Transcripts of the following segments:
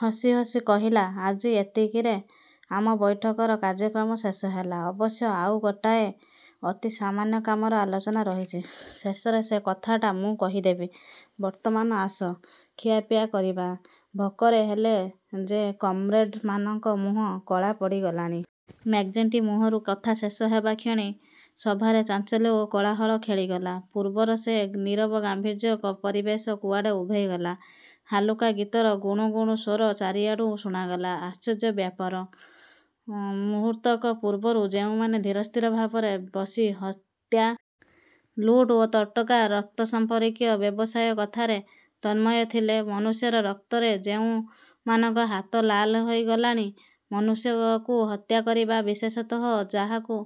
ହସିହସି କହିଲା, ''ଆଜି ଏତିକିରେ ଆମ ବୈଠକର କାର୍ଯ୍ୟକ୍ରମ ଶେଷ ହେଲା। ଅବଶ୍ୟ ଆଉ ଗୋଟାଏ ଅତି ସାମାନ୍ୟ କାମର ଆଲୋଚନା ରହିଛି। ଶେଷରେ ସେ କଥାଟା ମୁଁ କହିଦେବି। ବର୍ତ୍ତମାନ ଆସ, ଖିଆପିଆ କରିବା। ଭୋକରେ ହେଲେ ଯେ କମ୍ରେଡ଼ମାନଙ୍କ ମୁହଁ କଳା ପଡ଼ିଗଲାଣି। '' ମ୍ୟାକ୍ଜିଣ୍ଟି ମୁହଁରୁ କଥା ଶେଷ ହେବାକ୍ଷଣି ସଭାରେ ଚାଞ୍ଚଲ୍ୟ ଓ କୋଳାହଳ ଖେଳିଗଲା। ପୂର୍ବର ସେ ନୀରବ ଗାମ୍ଭୀର୍ଯ୍ୟ ପରିବେଶ କୁଆଡ଼େ ଉଭେଇଗଲା; ହାଲୁକା ଗୀତର ଗୁଣୁଗୁଣୁ ସ୍ୱର ଚାରିଆଡ଼ୁ ଶୁଣାଗଲା। ଆଶ୍ଚର୍ଯ୍ୟ ବ୍ୟାପାର! ମୁହୂର୍ତ୍ତକ ପୂର୍ବରୁ ଯେଉଁମାନେ ଧୀରସ୍ଥିର ଭାବରେ ବସି ହତ୍ୟା, ଲୁଟ ଓ ତଟକା ରକ୍ତ ସଂପର୍କୀୟ ବ୍ୟବସାୟ କଥାରେ ତନ୍ମୟ ଥିଲେ, ମନୁଷ୍ୟର ରକ୍ତରେ ଯେଉଁମାନଙ୍କ ହାତ ଲାଲ ହୋଇଗଲାଣି, ମନୁଷ୍ୟକୁ ହତ୍ୟା କରିବା-ବିଶେଷତଃ ଯାହାକୁ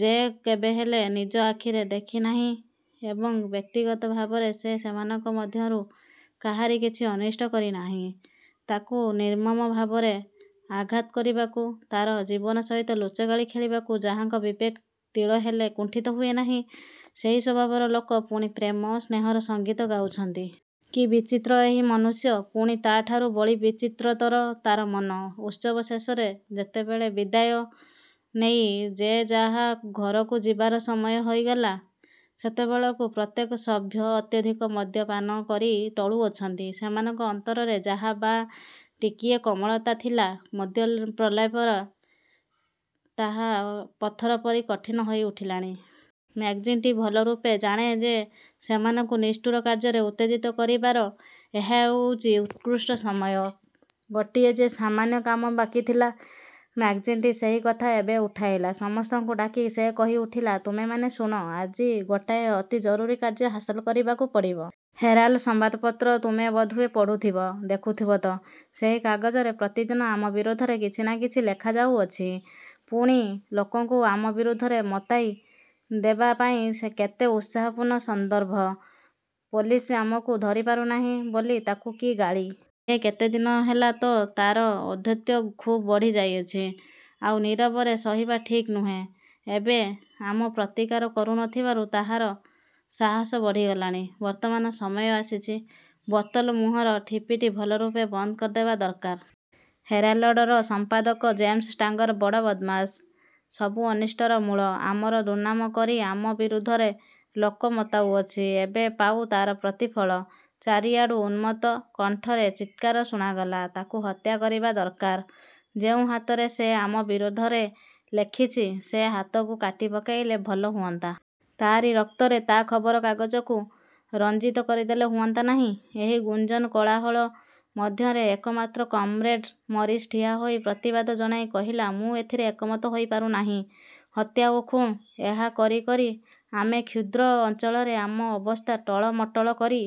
ଯେ କେବେହେଲେ ନିଜ ଆଖିରେ ଦେଖି ନାହିଁ ଏବଂ ବ୍ୟକ୍ତିଗତ ଭାବରେ ସେ ସେମାନଙ୍କ ମଧ୍ୟରୁ କାହାରି କିଛି ଅନିଷ୍ଟ କରି ନାହିଁ-ତାକୁ ନିର୍ମମ ଭାବରେ ଆଘାତ କରିବାକୁ, ତାର ଜୀବନ ସହିତ ଲୁଚକାଳି ଖେଳିବାକୁ ଯାହାଙ୍କ ବିବେକ ତିଳେହେଲେ କୁଣ୍ଠିତ ହୁଏ ନାହିଁ, ସେହି ସ୍ୱଭାବର ଲୋକ ପୁଣି ପ୍ରେମ, ସ୍ନେହର ସଙ୍ଗୀତ ଗାଉଛନ୍ତି! କି ବିଚିତ୍ର ଏହି ମନୁଷ୍ୟ, ପୁଣି ତାଠାରୁ ବଳି ବିଚିତ୍ରତର ତାର ମନ! ଉତ୍ସବ ଶେଷରେ ଯେତେବେଳେ ବିଦାୟ ନେଇ ଯେ ଯାହା ଘରକୁ ଯିବାର ସମୟ ହୋଇଗଲା, ସେତେବେଳକୁ ପ୍ରତ୍ୟେକ ସଭ୍ୟ ଅତ୍ୟଧିକ ମଦ୍ୟପାନ କରି ଟଳୁଅଛନ୍ତି। ସେମାନଙ୍କ ଅନ୍ତରରେ ଯାହା ବା ଟିକିଏ କୋମଳତା ଥିଲା, ମଦ୍ୟ ପ୍ରଲେପରେ ତାହା ପଥର ପରି କଠିନ ହୋଇ ଉଠିଲାଣି। ମ୍ୟାକ୍ଜିଣ୍ଟି ଭଲରୂପେ ଜାଣେ ଯେ ସେମାନଙ୍କୁ ନିଷ୍ଠୁର କାର୍ଯ୍ୟରେ ଉତ୍ତେଜିତ କରିବାର ଏହା ହେଉଛି ଉତ୍କୃଷ୍ଟ ସମୟ। ଗୋଟିଏ ଯେ ସାମାନ୍ୟ କାମ ବାକି ଥିଲା, ମ୍ୟାକ୍ଜିଣ୍ଟି ସେହି କଥା ଏବେ ଉଠାଇଲା। ସମସ୍ତଙ୍କୁ ଡାକି ସେ କହିଉଠିଲା, ''ତୁମେମାନେ ଶୁଣ, ଆଜି ଗୋଟାଏ ଅତି ଜରୁରୀ କାର୍ଯ୍ୟ ହାସଲ କରିବାକୁ ପଡ଼ିବ। 'ହେରାଲ୍' ସମ୍ବାଦପତ୍ର ତୁମେ ବୋଧହୁଏ ପଢ଼ୁଥିବ। ଦେଖୁଥିବ ତ, ସେହି କାଗଜରେ ପ୍ରତିଦିନ ଆମ ବିରୋଧରେ କିଛି ନା କିଛି ଲେଖାଯାଉଅଛି। ପୁଣି ଲୋକଙ୍କୁ ଆମ ବିରୁଦ୍ଧରେ ମତାଇ ଦେବା ପାଇଁ କେତେ ଉତ୍ସାହପୂର୍ଣ୍ଣ ସନ୍ଦର୍ଭ! ପୋଲିସ ଆମକୁ ଧରିପାରୁ ନାହିଁ ବୋଲି ତାକୁ କି ଗାଳି! ଏ କେତେ ଦିନ ହେଲା ତ ତାର ଔଦ୍ଧତ୍ୟ ଖୁବ୍ ବଢ଼ିଯାଇଅଛି। ଆଉ ନୀରବରେ ସହିବା ଠିକ୍ ନୁହେଁ। ଏବେ ଆମେ ପ୍ରତିକାର କରୁ ନ ଥିବାରୁ ତାହାର ସାହସ ବଢ଼ିଗଲାଣି। ବର୍ତ୍ତମାନ ସମୟ ଆସିଛି, ବୋତଲ ମୁହଁର ଠିପିଟି ଭଲରୂପେ ବନ୍ଦ କରିଦେବା ଦରକାର। 'ହେରାଲଡ଼'ର ସମ୍ପାଦକ ଜେମ୍ସ ଷ୍ଟାଙ୍ଗର ବଡ଼ ବଦ୍ମାସ, ସବୁ ଅନିଷ୍ଟର ମୂଳ। ଆମର ଦୁର୍ନାମକରି ଆମ ବିରୁଦ୍ଧରେ ଲୋକ ମତାଉଅଛି, ଏବେ ପାଉ ତାର ପ୍ରତିଫଳ। '' ଚାରିଆଡ଼ୁ ଉନ୍ମତ୍ତ କଣ୍ଠରେ ଚିତ୍କାର ଶୁଣାଗଲା, ''ତାକୁ ହତ୍ୟା କରିବା ଦରକାର। ଯେଉଁ ହାତରେ ସେ ଆମ ବିରୋଧରେ ଲେଖିଛି, ସେ ହାତକୁ କାଟିପକାଇଲେ ଭଲ ହୁଅନ୍ତା। ତାରି ରକ୍ତରେ ତା ଖବରକାଗଜକୁ ରଞ୍ଜିତ କରିଦେଲେ ହୁଅନ୍ତା ନାହିଁ? '' ଏହି ଗୁଞ୍ଜନ କୋଳାହଳ ମଧ୍ୟରେ ଏକମାତ୍ର କମ୍ରେଡ଼ ମରିସ୍ ଠିଆହୋଇ ପ୍ରତିବାଦ ଜଣାଇ କହିଲା, ''ମୁଁ ଏଥିରେ ଏକମତ ହୋଇପାରୁ ନାହିଁ। ହତ୍ୟା ଓ ଖୁଣ୍-ଏହା କରିକରି ଆମେ ଏହି କ୍ଷୁଦ୍ର ଅଞ୍ଚଳରେ ଆମ ଅବସ୍ଥା ଟଳମଟଳ କରି